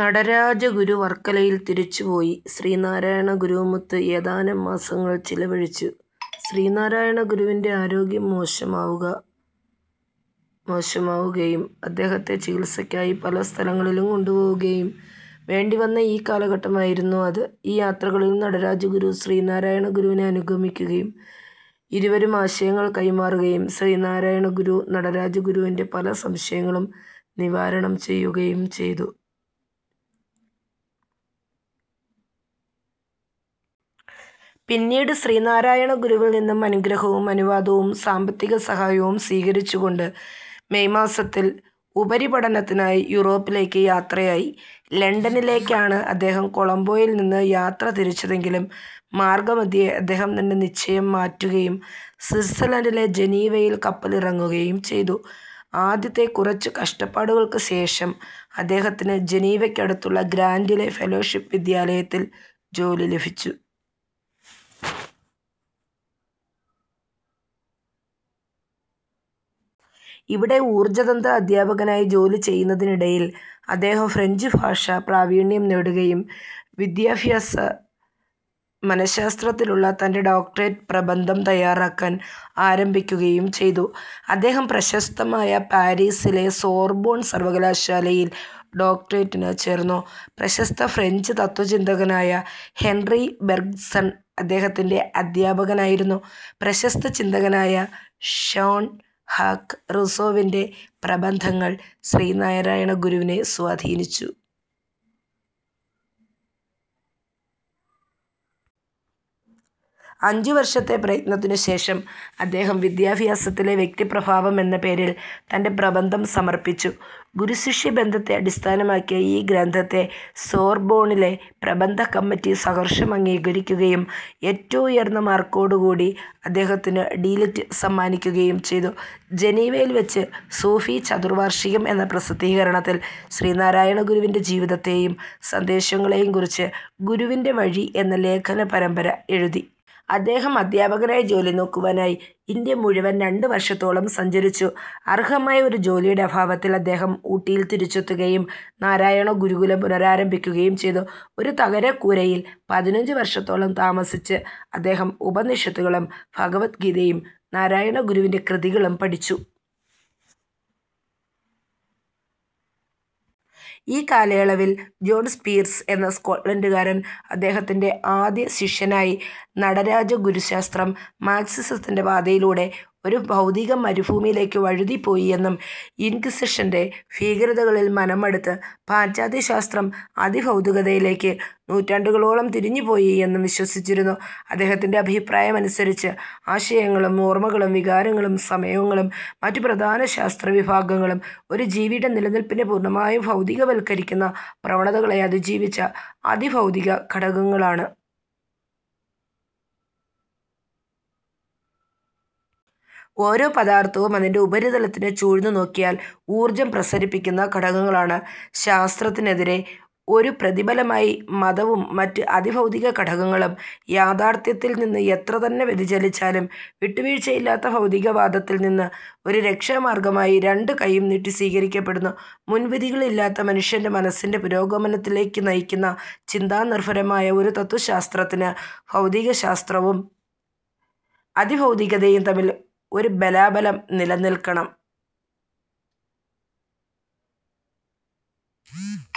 നടരാജ ഗുരു വർക്കലയിൽ തിരിച്ചു പോയി ശ്രീനാരായണ ഗുരുവുമൊത്ത് ഏതാനും മാസങ്ങൾ ചിലവഴിച്ചു. ശ്രീ നാരായണ ഗുരുവിന്റെ ആരോഗ്യം മോശമാവുക മോശമാവുകയും അദ്ദേഹത്തെ ചികത്സക്കായി പല സ്ഥലങ്ങളിലും കൊണ്ടുപോവുകയും വേണ്ടിവന്ന ഈ കാലഘട്ടം ആയിരുന്നു അത്. ഈ യാത്രകളിൽ നടരാജ ഗുരു ശ്രീനാരായണ ഗുരുവിനെ അനുഗമിക്കുകയും ഇരുവരും ആശയങ്ങൾ കൈമാറുകയും ശ്രീനാരായണ ഗുരു നടരാജ ഗുരുവിന്റെ പല സംശയങ്ങളും നിവാരണം ചെയ്യുകയും ചെയ്തു. പിന്നീട് ശ്രീനാരായണ ഗുരുവിൽ നിന്നം അനുഗ്രഹവും അനുവാദവും സാമ്പത്തിക സഹായവും സ്വീകരിച്ചു കൊണ്ട് മെയ് മാസത്തിൽ ഉപരിപഠനത്തിനായി യൂറോപ്പിലേക്ക് യാത്രയായി. ലണ്ടനിലേക്കാണു അദ്ദേഹം കൊളംബോയിൽ നിന്നു യാത്ര തിരിച്ചതെങ്കിലും മാർഗ്ഗമദ്ധ്യേ അദ്ദേഹം തന്റെ നിശ്ചയം മാറ്റുകയും സ്വിറ്റ്സർലാന്റിലെ ജനീവയിൽ കപ്പലിറങ്ങുകയും ചെയ്തു. ആദ്യത്തെ കുറച്ചു കഷ്ടപ്പാടുകൾക്കു ശേഷം അദ്ദേഹത്തിനു ജനീവക്കു അടുത്തുള്ള ഗ്ലാന്റിലെ ഫെലോഷിപ് വിദ്യാലയത്തിൽ ജോലി ലഭിച്ചു. ഇവിടെ ഊർജ്ജതന്ത്ര അദ്ധ്യാപകനായി ജോലി ചെയ്യുന്നതിനിടയിൽ അദ്ദേഹം ഫ്രഞ്ച് ഭാഷ പ്രാവീണ്യം നേടുകയും വിദ്യാഭ്യാസ മനശാസ്ത്രത്തിലുള്ള തന്റെ ഡോക്ടറേറ്റ് പ്രബന്ധം തയ്യാറാക്കാൻ ആരംഭിക്കുകയും ചെയ്തു. അദ്ദേഹം പ്രശസ്തമായ പാരീസിലെ സോർബോൺ സർവകലാശാലയിൽ ഡോക്ടറേറ്റിനു ചേർന്നു. പ്രശസ്ത ഫ്രഞ്ച് തത്ത്വചിന്തകനായ ഹെന്രി ബെർഗ്ഗ്സൺ അദ്ദേഹത്തിന്റെ അദ്ധ്യാപകനായിരുന്നു. പ്രശസ്ത ചിന്തകനായ ഷാൺ ഷാക്ക് റൂസ്സോവിന്റെ പ്രബന്ധങ്ങൾ നാരായണ ഗുരുവിനെ സ്വാധീനിച്ചു. അഞ്ചു വർഷത്തെ പ്രയത്നത്തിനു ശേഷം അദ്ദേഹം വിദ്യാഭ്യാസത്തിലെ വ്യക്തി പ്രഭാവം എന്ന പേരിൽ തന്റെ പ്രബന്ധം സമർപ്പിച്ചു. ഗുരുശിഷ്യ ബന്ധത്തെ അടിസ്ഥാനമാക്കിയ ഈ ഗ്രന്ധത്തെ സോർബോണിലെ പ്രബന്ധ കമ്മിറ്റി സഹർഷം അംഗീകരിക്കുകയും ഏറ്റവും ഉയർന്ന മാർക്കോടെ അദ്ദേഹത്തിനു ഡി. ലിറ്റ് സമ്മാനിക്കുകയും ചെയ്തു. ജനീവയിൽ വെച്ച് സൂഫി ചതുർവാർഷികം എന്ന പ്രസിദ്ധീകരണത്തിൽ ശ്രീനാരായണ ഗുരുവിന്റെ ജീവിതത്തെയും സന്ദേശങ്ങളെയും കുറിച്ച് "ഗുരുവിന്റെ വഴി" എന്ന ലേഖന പരമ്പര എഴുതി. അദ്ദേഹം അദ്ധ്യാപകനായി ജോലി നോക്കുവാനായി ഇന്ത്യ മുഴുവൻ രണ്ടു വർഷത്തോളം സഞ്ചരിച്ചു. അർഹമായ ഒരു ജോലിയുടെ അഭാവത്തിൽ അദ്ദേഹം ഊട്ടിയിൽ തിരിച്ചെത്തുകയും നാരായണ ഗുരുകുലം പുനരാരംഭിക്കുകയും ചെയ്തു. ഒരു തകരക്കൂരയുൽ പതിനഞ്ചു വർഷത്തോളം താമസിച്ച് അദ്ദേഹം ഉപനിഷത്തുകളും ഭഗവദ് ഗീതയും നാരായണ ഗുരുവിന്റെ കൃതികളും പഠിച്ചു. ഈ കാലയളവിൽ ജോൺ സ്പീർസ് എന്ന സ്കോട്ട്ലാന്റുകാരൻ അദ്ദേഹത്തിന്റെ ആദ്യ ശിഷ്യനായി. നടരാജ ഗുരു ശാസ്ത്രം മാർക്സിസത്തിന്റെ പാതയിലൂടെ ഒരു ഭൗതിക മരുഭൂമിയിലേക്കു വഴുതിപ്പോയി എന്നും ഇൻക്വിസിഷന്റെ ഭീകരതകളിൽ മനം മടുത്ത് പാശ്ചാത്യ ശാസ്ത്രം അതിഭൌതുകയിലേക്ക് നൂറ്റാണ്ടുകളോളം തിരിഞ്ഞുപോയി എന്നും വിശ്വസിച്ചിരുന്നു. അദ്ദേഹത്തിന്റെ അഭിപ്രായമനുസരിച്ച് ആശയങ്ങളും ഓർമ്മകളും വികാരങ്ങളും സമയവും മറ്റു പ്രധാന ശാസ്ത്ര വിഭാഗങ്ങളും ഒരു ജീവിയുടെ നിലനില്പിനെ പൂർണമായും ഭൌതീകവൽക്കരിക്കുന്ന പ്രവണതകളെ അതിജീവിച്ച അതിഭൌതീക ഖടകങ്ങളാണ്. ഓരോ പദാർഥവും അതിന്റെ ഉപരിതലത്തിനെ ചൂഴ്ന്നു നോക്കിയാൽ ഊർജ്ജം പ്രസരിപ്പിക്കുന്ന ഖടകങ്ങളാണ്. ശാസ്ത്രത്തിനെതിരെ ഒരു പ്രതിബലമായി മതവും മറ്റ് അതിഭൌതീക ഖടകങ്ങളും യാത്ഥാർത്ഥ്യത്തിൽ നിന്നു എത്രതന്നെ വ്യതിചലിച്ചാലും വിട്ടുവീഴ്ചയില്ലാത്ത ഭൌതീകവാദത്തിൽനിന്നു ഒരു രക്ഷാമാർഗ്ഗമായി രണ്ടുകൈയും നീട്ടി സ്വീകരിക്കപ്പെടുന്നു. മുൻവിധികളില്ലാത്ത മനുഷ്യന്റെ മനസ്സിന്റെ പുരോഗമനത്തിലേക്കുനയിക്കുന്ന ചിന്താനിർഭരമായ ഒരു തത്ത്വശാസ്ത്രത്തിന് ഭൌതീകശാസ്ത്രവും അതിഭൌതീകതയും തമ്മിൽ ഒരു ബലാബലം നിലനിൽക്കണം.